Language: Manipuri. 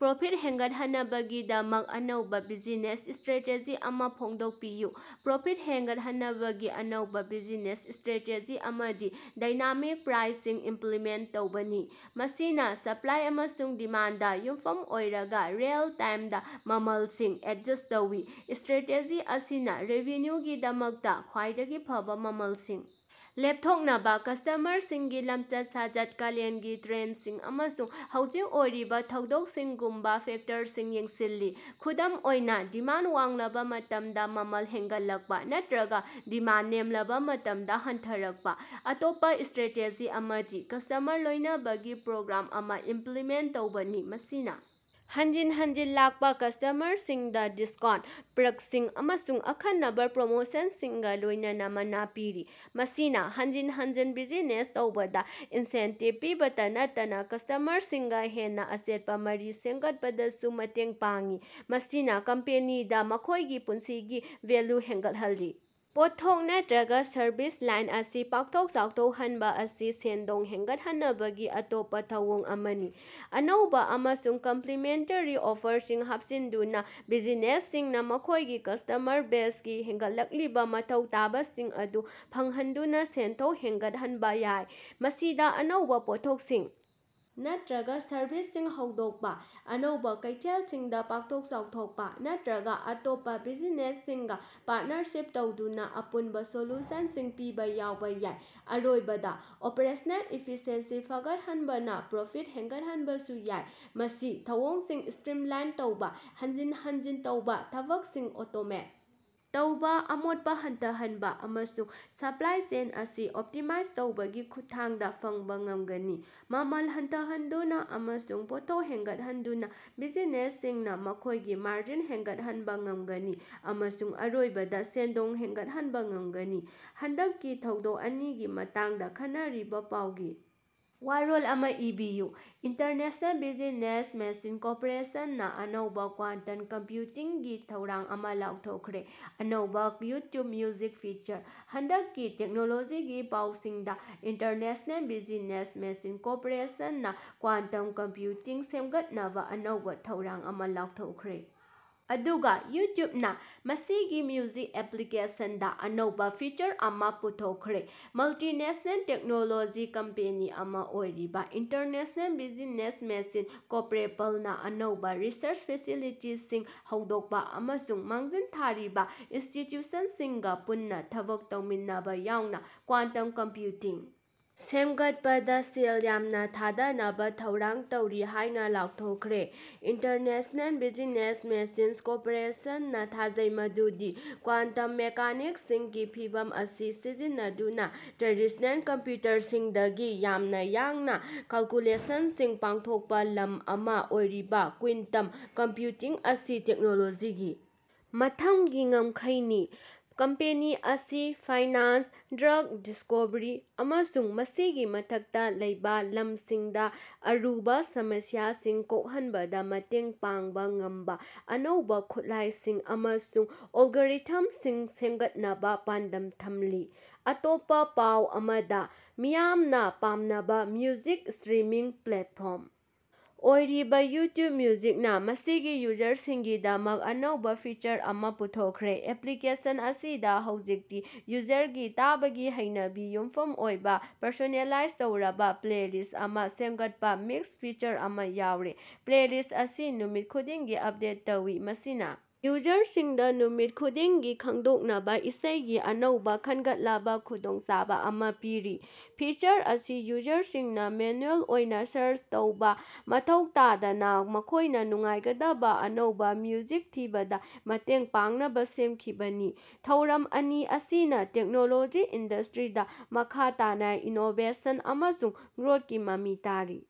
ꯄ꯭ꯔꯣꯐꯤꯠ ꯍꯦꯟꯒꯠꯍꯟꯅꯕꯒꯤꯗꯃꯛ ꯑꯅꯧꯕ ꯕꯤꯖꯤꯅꯦꯁ ꯁ꯭ꯇꯔꯦꯇꯦꯖꯤ ꯑꯃ ꯐꯣꯡꯗꯣꯛꯄꯤꯌꯨ꯫ ꯄ꯭ꯔꯣꯐꯤꯠ ꯍꯦꯟꯒꯠꯍꯟꯅꯕꯒꯤ ꯑꯅꯧꯕ ꯕꯤꯖꯤꯅꯦꯁ ꯁ꯭ꯇꯔꯦꯇꯦꯖꯤ ꯑꯃꯗꯤ ꯗꯥꯏꯅꯥꯃꯤꯛ ꯄ꯭ꯔꯥꯏꯁꯤꯡ ꯏꯝꯄ꯭ꯂꯤꯃꯦꯟꯇ ꯇꯧꯕꯅꯤ, ꯃꯁꯤꯅ ꯁꯞꯂꯥꯏ ꯑꯃꯁꯨꯡ ꯗꯤꯃꯥꯟꯗꯗꯥ ꯌꯨꯝꯐꯝ ꯑꯣꯏꯔꯒ ꯔꯤꯑꯦꯜ-ꯇꯥꯏꯝꯗꯥ ꯃꯃꯜꯁꯤꯡ ꯑꯦꯗꯖꯁ꯭ꯠ ꯇꯧꯏ꯫ ꯁ꯭ꯇꯔꯥꯇꯦꯖꯤ ꯑꯁꯤꯅ ꯔꯦꯚꯤꯅ꯭ꯌꯨꯒꯤꯗꯃꯛꯇ ꯈ꯭ꯋꯥꯏꯗꯒꯤ ꯐꯕꯥ ꯃꯃꯜꯁꯤꯡ ꯂꯦꯞꯊꯣꯛꯅꯕꯥ ꯀꯁ꯭ꯇꯃꯔꯁꯤꯡꯒꯤ ꯂꯃꯆꯠ-ꯁꯥꯖꯠ, ꯀꯥꯂꯦꯟꯒꯤ ꯇ꯭ꯔꯦꯟꯗꯁꯤꯡ, ꯑꯃꯁꯨꯡ ꯍꯧꯖꯤꯛ ꯑꯣꯏꯔꯤꯕ ꯊꯧꯗꯣꯛꯁꯤꯡꯒꯨꯝꯕ ꯐꯦꯛꯇꯔꯁꯤꯡ ꯌꯦꯡꯁꯤꯜꯂꯤ꯫ ꯈꯨꯗꯝ ꯑꯣꯏꯅ, ꯗꯤꯃꯥꯟꯗ ꯋꯥꯡꯂꯕ ꯃꯇꯝꯗ ꯃꯃꯜ ꯍꯦꯟꯒꯠꯂꯛꯄ ꯅꯠꯇꯔꯒ ꯗꯤꯃꯥꯟꯗ ꯅꯦꯝꯂꯕꯥ ꯃꯇꯝꯗ ꯍꯟꯊꯔꯛꯄ꯫ ꯑꯇꯣꯞꯄꯥ ꯁ꯭ꯇꯔꯥꯇꯦꯖꯤ ꯑꯃꯗꯤ ꯀꯁ꯭ꯇꯃꯔ ꯂꯣꯏꯅꯕꯒꯤ ꯄ꯭ꯔꯣꯒ꯭ꯔꯥꯝ ꯑꯃ ꯏꯝꯄ꯭ꯂꯤꯃꯦꯟꯇ ꯇꯧꯕꯅꯤ, ꯃꯁꯤꯅ ꯍꯟꯖꯤꯟ ꯍꯟꯖꯤꯟ ꯂꯥꯛꯄ ꯀꯁ꯭ꯇꯃꯔꯁꯤꯡꯗ‌ ꯗꯤꯁꯀꯥꯎꯟꯇ, ꯄꯥ꯭ꯔꯛꯁꯤꯡ ꯑꯃꯁꯨꯡ ꯑꯈꯟꯅꯕꯥ ꯄ꯭ꯔꯣꯃꯣꯁꯟꯁꯤꯡꯒ ꯂꯣꯏꯅꯅꯥ ꯃꯅꯥ ꯄꯤꯔꯤ꯫ ꯃꯁꯤꯅ‌ ꯍꯟꯖꯤꯟ ꯍꯟꯖꯤꯟ ꯕꯤꯖꯤꯅꯦꯁ ꯇꯧꯕꯗ ꯏꯟꯁꯦꯟꯇꯤꯕ ꯄꯤꯕꯇꯥ ꯅꯠꯇꯅꯥ ꯀꯁ꯭ꯇꯃꯔꯁꯤꯡꯒ ꯍꯦꯟꯅ ꯑꯆꯦꯠꯄ ꯃꯔꯤ ꯁꯦꯝꯒꯠꯄꯗꯁꯨ ꯃꯇꯦꯡ ꯄꯥꯡꯏ, ꯃꯁꯤꯅ ꯀꯝꯄꯦꯅꯤꯗ ꯃꯈꯣꯏꯒꯤ ꯄꯨꯟꯁꯤꯒꯤ ꯚꯦꯂ꯭ꯌꯨ ꯍꯦꯟꯒꯠꯍꯜꯂꯤ꯫ ꯄꯣꯠꯊꯣꯛ ꯅꯠꯇꯔꯒ ꯁꯔꯕꯤꯁ ꯂꯥꯏꯟ ꯑꯁꯤ ꯄꯥꯛꯊꯣꯛ ꯆꯥꯎꯊꯣꯛꯍꯟꯕ‌ ꯑꯁꯤ ꯁꯦꯟꯗꯣꯡ ꯍꯦꯟꯒꯠꯍꯟꯅꯕꯒꯤ ꯑꯇꯣꯞꯄ ꯊꯧꯑꯣꯡ ꯑꯃꯅꯤ꯫ ꯑꯅꯧꯕ ꯑꯃꯁꯨꯡ ꯀꯝꯄ꯭ꯂꯤꯃꯦꯟꯇꯦꯔꯤ ꯑꯣꯐꯔꯁꯤꯡ ꯍꯥꯞꯆꯤꯟꯗꯨꯅ ꯕꯤꯖꯤꯅꯦꯁꯁꯤꯡꯅ ꯃꯈꯣꯏꯒꯤ ꯀꯁ꯭ꯇꯃꯔ ꯕꯦꯖꯒꯤ ꯍꯦꯟꯒꯠꯂꯛꯂꯤꯕ ꯃꯊꯧ ꯇꯥꯕꯁꯤꯡ ꯑꯗꯨ ꯐꯪꯍꯟꯗꯨꯅ ꯁꯦꯟꯊꯣꯛ ꯍꯦꯟꯒꯠꯍꯟꯕ ꯌꯥꯏ꯫ ꯃꯁꯤꯗ ꯑꯅꯧꯕ ꯄꯣꯠꯊꯣꯛꯁꯤꯡ ꯅꯠꯇꯔꯒ ꯁꯔꯕꯤꯁꯁꯤꯡ ꯍꯧꯗꯣꯛꯄ, ꯑꯅꯧꯕ ꯀꯩꯊꯦꯜꯁꯤꯡꯗ ꯄꯥꯛꯊꯣꯛ ꯆꯥꯎꯊꯣꯛꯄ, ꯅꯠꯇꯔꯒ ꯑꯇꯣꯞꯄ ꯕꯤꯖꯤꯅꯦꯁꯁꯤꯡꯒ ꯄꯥꯔꯇꯅꯔꯁꯤꯞ ꯇꯧꯗꯨꯅ ꯑꯄꯨꯟꯕ ꯁꯣꯂꯨꯁꯟꯁꯤꯡ ꯄꯤꯕ ꯌꯥꯎꯕ ꯌꯥꯏ꯫ ꯑꯔꯣꯏꯕꯗꯥ, ꯑꯣꯄ꯭ꯔꯦꯁꯅꯦꯜ ꯏꯐꯤꯁꯤꯑꯦꯟꯁꯤ ꯐꯒꯠꯍꯟꯕꯅꯥ ꯄ꯭ꯔꯣꯐꯤꯠ ꯍꯦꯟꯒꯠꯍꯟꯕꯁꯨ ꯌꯥꯏ꯫ ꯃꯁꯤ ꯊꯧꯑꯣꯡꯁꯤꯡ ꯁ꯭ꯇꯔꯤꯝꯂꯥꯏꯟ ꯇꯧꯕ, ꯍꯟꯖꯤꯟ ꯍꯟꯖꯤꯟ ꯇꯧꯕ ꯊꯕꯛꯁꯤꯡ ꯑꯣꯇꯣꯃꯦꯠ ꯇꯧꯕ, ꯑꯃꯣꯠꯄ ꯍꯟꯊꯍꯟꯕ, ꯑꯃꯁꯨꯡ ꯁꯄ꯭ꯂꯥꯏ ꯆꯦꯟ ꯑꯁꯤ ꯑꯣꯞꯇꯤꯃꯥꯏꯖ ꯇꯧꯕꯒꯤ ꯈꯨꯠꯊꯥꯡꯗ ꯐꯪꯕ ꯉꯝꯒꯅꯤ꯫ ꯃꯃꯜ ꯍꯟꯊꯍꯟꯗꯨꯅ ꯑꯃꯁꯨꯡ ꯄꯣꯠꯊꯣꯛ ꯍꯦꯟꯒꯠꯍꯟꯗꯨꯅ ꯕꯤꯖꯤꯅꯦꯁꯁꯤꯡꯅ ꯃꯈꯣꯏꯒꯤ ꯃꯥꯔꯖꯤꯟ ꯍꯦꯟꯒꯠꯍꯟꯕ ꯉꯝꯒꯅꯤ ꯑꯃꯁꯨꯡ ꯑꯔꯣꯏꯕꯗ ꯁꯦꯟꯗꯣꯡ ꯍꯦꯟꯒꯠꯍꯟꯕ ꯉꯒꯅꯤ꯫ ꯍꯟꯗꯛꯀꯤ ꯊꯧꯗꯣꯛ ꯑꯅꯤꯒꯤ ꯃꯇꯥꯡꯗ ꯈꯟꯅꯔꯤꯕ‌ ꯄꯥꯎꯒꯤ ꯋꯥꯔꯣꯜ ꯑꯃ ꯏꯕꯤꯌꯨ꯫ ꯏꯟꯇꯔꯅꯦꯁꯅꯦꯜ ꯕꯤꯖꯤꯅꯦꯁ ꯃꯦꯁꯤꯟ ꯀꯣꯔꯄꯥꯔꯦꯁꯟ ꯅꯥ ꯑꯅꯧꯕ‌ ꯀ꯭ꯋꯥꯟꯇꯝ ꯀꯝꯄ꯭ꯌꯨꯇꯤꯡꯒꯤ ꯊꯧꯔꯥꯡ ꯑꯃ ꯂꯥꯎꯊꯣꯛꯈ꯭ꯔꯦ ꯑꯅꯧꯕ ꯌꯨꯇ꯭ꯌꯨꯕ ꯃꯤꯎꯖꯤꯛ ꯐꯤꯆꯔ꯫ ꯍꯟꯗꯛꯀꯤ ꯇꯦꯛꯅꯣꯂꯣꯖꯤꯒꯤ ꯄꯥꯎꯁꯤꯡꯗ ꯏꯟꯇꯔꯅꯦꯁꯅꯦꯜ ꯕꯤꯖꯤꯅꯦꯁ ꯃꯦꯁꯤꯟ ꯀꯣꯔꯄꯥꯔꯦꯁꯟ ꯅꯥ ꯀ꯭ꯋꯥꯟꯇꯝ ꯀꯝꯄ꯭ꯌꯨꯇꯤꯡ ꯁꯦꯝꯒꯠꯅꯕꯥ ꯑꯅꯧꯕ ꯊꯧꯔꯥꯡ ꯑꯃ ꯂꯥꯎꯊꯣꯛꯈ꯭ꯔꯦ, ꯑꯗꯨꯒ ꯌꯨꯇ꯭ꯌꯨꯕ ꯅꯥ ꯃꯁꯤꯒꯤ ꯃ꯭ꯌꯨꯖꯤꯛ ꯑꯦꯄ꯭ꯂꯤꯀꯦꯁꯟꯗ ꯑꯅꯧꯕ ꯐꯤꯆꯔ ꯑꯃ ꯄꯨꯊꯣꯛꯈ꯭ꯔꯦ꯫ ꯃꯜꯇꯤꯅꯦꯁ꯭ꯅꯦꯜ ꯇꯦꯛꯅꯣꯂꯣꯖꯤ ꯀꯝꯄꯦꯅꯤ ꯑꯃ ꯑꯣꯏꯔꯤꯕ ꯏꯟꯇꯔꯅꯦꯁꯅꯦꯜ ꯕꯤꯖꯤꯅꯦꯁ ꯃꯦꯁꯤꯟ ꯀꯣꯔꯄꯥꯔꯦꯄꯟꯅꯥ ꯑꯅꯧꯕ ꯔꯤꯁꯔꯆ ꯐꯦꯁꯤꯂꯤꯇꯤꯁꯤꯡ ꯍꯧꯗꯣꯛꯄ ꯑꯃꯁꯨꯡ ꯃꯥꯡꯖꯤꯜ ꯊꯥꯔꯤꯕ ꯏꯟꯁꯇꯤꯇ꯭ꯌꯨꯁꯟꯁꯤꯡꯒ ꯄꯨꯟꯅ ꯊꯕꯛ ꯇꯧꯃꯤꯟꯅꯕꯥ ꯌꯥꯎꯅ ꯀ꯭ꯋꯥꯟꯇꯝ ꯀꯝꯄ꯭ꯌꯨꯇꯤꯡ ꯁꯦꯝꯒꯠꯄꯗꯥ ꯁꯦꯜ ꯌꯥꯝꯅ ꯊꯥꯗꯅꯕꯥ ꯊꯧꯔꯥꯡ ꯇꯧꯔꯤ ꯍꯥꯏꯅ ꯂꯥꯎꯊꯣꯛꯈ꯭ꯔꯦ꯫ ꯏꯟꯇꯔꯅꯦꯁꯅꯦꯜ ꯕꯤꯖꯤꯅꯦꯁ ꯃꯦꯁꯤꯟ ꯀꯣꯔꯄꯥꯔꯦꯁꯟ ꯅꯥ ꯊꯥꯖꯩ ꯃꯗꯨꯗꯤ ꯀ꯭ꯋꯥꯟꯇꯝ ꯃꯦꯀꯥꯅꯤꯛꯁꯀꯤ ꯐꯤꯚꯝ ꯑꯁꯤ ꯁꯤꯖꯤꯟꯅꯗꯨꯅ ꯇ꯭ꯔꯦꯗꯤꯁ꯭ꯅꯦꯜ ꯀꯝꯄ꯭ꯌꯨꯇꯔꯁꯤꯡꯗꯒꯤ ꯌꯥꯝꯅ ꯌꯥꯡꯅ ꯀꯦꯜꯀꯨꯂꯦꯁꯟꯁꯤꯡ ꯄꯥꯡꯊꯣꯛꯄ ꯂꯝ ꯑꯃ ꯑꯣꯏꯔꯤꯕ ꯀ꯭ꯋꯤꯟꯇꯝ ꯀꯝꯄ꯭ꯌꯨꯇꯤꯡ ꯑꯁꯤ ꯇꯦꯛꯅꯣꯂꯣꯖꯤꯒꯤ ꯃꯊꯪꯒꯤ ꯉꯝꯈꯩꯅꯤ꯫ ꯀꯝꯄꯦꯅꯤ ꯑꯁꯤ ꯐꯥꯏꯅꯥꯟꯁ, ꯗ꯭ꯔꯒ ꯗꯤꯁꯀꯣꯚꯔꯤ, ꯑꯃꯁꯨꯡ ꯃꯁꯤꯒꯤ ꯃꯊꯛꯇ ꯂꯩꯕ ꯂꯝꯁꯤꯡꯗ ꯑꯔꯨꯕ ꯁꯃꯁ꯭ꯌꯥꯁꯤꯡ ꯀꯣꯛꯍꯟꯕꯗꯥ ꯃꯇꯦꯡ ꯄꯥꯡꯕ ꯉꯝꯕ ꯑꯅꯧꯕ ꯈꯨꯠꯂꯥꯏꯁꯤꯡ ꯑꯃꯁꯨꯡ ꯑꯦꯜꯒꯣꯔꯤꯊꯝꯁꯤꯡ ꯁꯦꯝꯒꯠꯅꯕ ꯄꯥꯟꯗꯝ ꯊꯝꯂꯤ꯫ ꯑꯇꯣꯞꯄ ꯄꯥꯎ ꯑꯃꯗ, ꯃꯤꯌꯥꯝꯅ ꯄꯥꯝꯅꯕ ꯃ꯭ꯌꯨꯖꯤꯛ ꯁ꯭ꯇꯔꯤꯃꯤꯡ ꯄ꯭ꯂꯦꯠꯐꯣꯝ ꯑꯣꯏꯔꯤꯕ ꯌꯨꯇ꯭ꯌꯨꯕ ꯃꯤꯎꯖꯤꯛꯅ ꯃꯁꯤꯒꯤ ꯌꯨꯖꯔꯁꯤꯡꯒꯤꯗꯃꯛ ꯑꯅꯧꯕ ꯐꯤꯆꯔ ꯑꯃ ꯄꯨꯊꯣꯛꯈ꯭ꯔꯦ꯫ ꯑꯦꯄ꯭ꯂꯤꯀꯦꯁꯟ ꯑꯁꯤꯗ ꯍꯧꯖꯤꯛꯇꯤ ꯌꯨꯖꯔꯒꯤ ꯇꯥꯕꯒꯤ ꯍꯩꯅꯕꯤꯗ ꯌꯨꯝꯐꯝ ꯑꯣꯏꯕ ꯄꯔꯁꯣꯅꯦꯂꯥꯏꯖ ꯇꯧꯔꯕ ꯄ꯭ꯂꯦꯂꯤꯁ꯭ꯠ ꯑꯃ ꯁꯦꯝꯒꯠꯄ ꯃꯤꯛꯁ ꯐꯤꯆꯔ ꯑꯃ ꯌꯥꯎꯔꯦ꯫ ꯄ꯭ꯂꯦꯂꯤꯁ꯭ꯠ ꯑꯁꯤ ꯅꯨꯃꯤꯠ ꯈꯨꯗꯤꯡꯒꯤ ꯑꯞꯗꯦꯠ ꯇꯧꯏ, ꯃꯁꯤꯅ ꯌꯨꯖꯔꯁꯤꯡꯗ ꯅꯨꯃꯤꯠ ꯈꯨꯗꯤꯡꯒꯤ ꯈꯪꯗꯣꯛꯅꯕ ꯏꯁꯩꯒꯤ ꯑꯅꯧꯕ ꯈꯟꯒꯠꯂꯕ‌ ꯈꯨꯗꯣꯡꯆꯥꯕ ꯑꯃ ꯄꯤꯔꯤ꯫ ꯐꯤꯆꯔ ꯑꯁꯤ ꯌꯨꯖꯔꯁꯤꯡꯅ ꯃꯦꯅꯨꯑꯦꯜ ꯑꯣꯏꯅ ꯁꯥꯔꯆ ꯇꯧꯕ ꯃꯊꯧ ꯇꯥꯗꯅ ꯃꯈꯣꯏꯅ ꯅꯨꯡꯉꯥꯏꯒꯗꯕ ꯑꯅꯧꯕ ꯃ꯭ꯌꯨꯖꯤꯛ ꯊꯤꯕꯗꯥ ꯃꯇꯦꯡ ꯄꯥꯡꯅꯕꯥ ꯁꯦꯝꯈꯤꯕꯅꯤ꯫ ꯊꯧꯔꯝ ꯑꯅꯤ ꯑꯁꯤꯅ ꯇꯦꯛꯅꯣꯂꯣꯖꯤ ꯏꯟꯗ꯭ꯁꯇꯔꯤꯗ ꯃꯈꯥ ꯇꯥꯅ ꯏꯅꯣꯕꯦꯁꯟ ꯑꯃꯁꯨꯡ ꯒ꯭ꯔꯣꯊꯀꯤ ꯃꯃꯤ ꯇꯥꯔꯤ꯫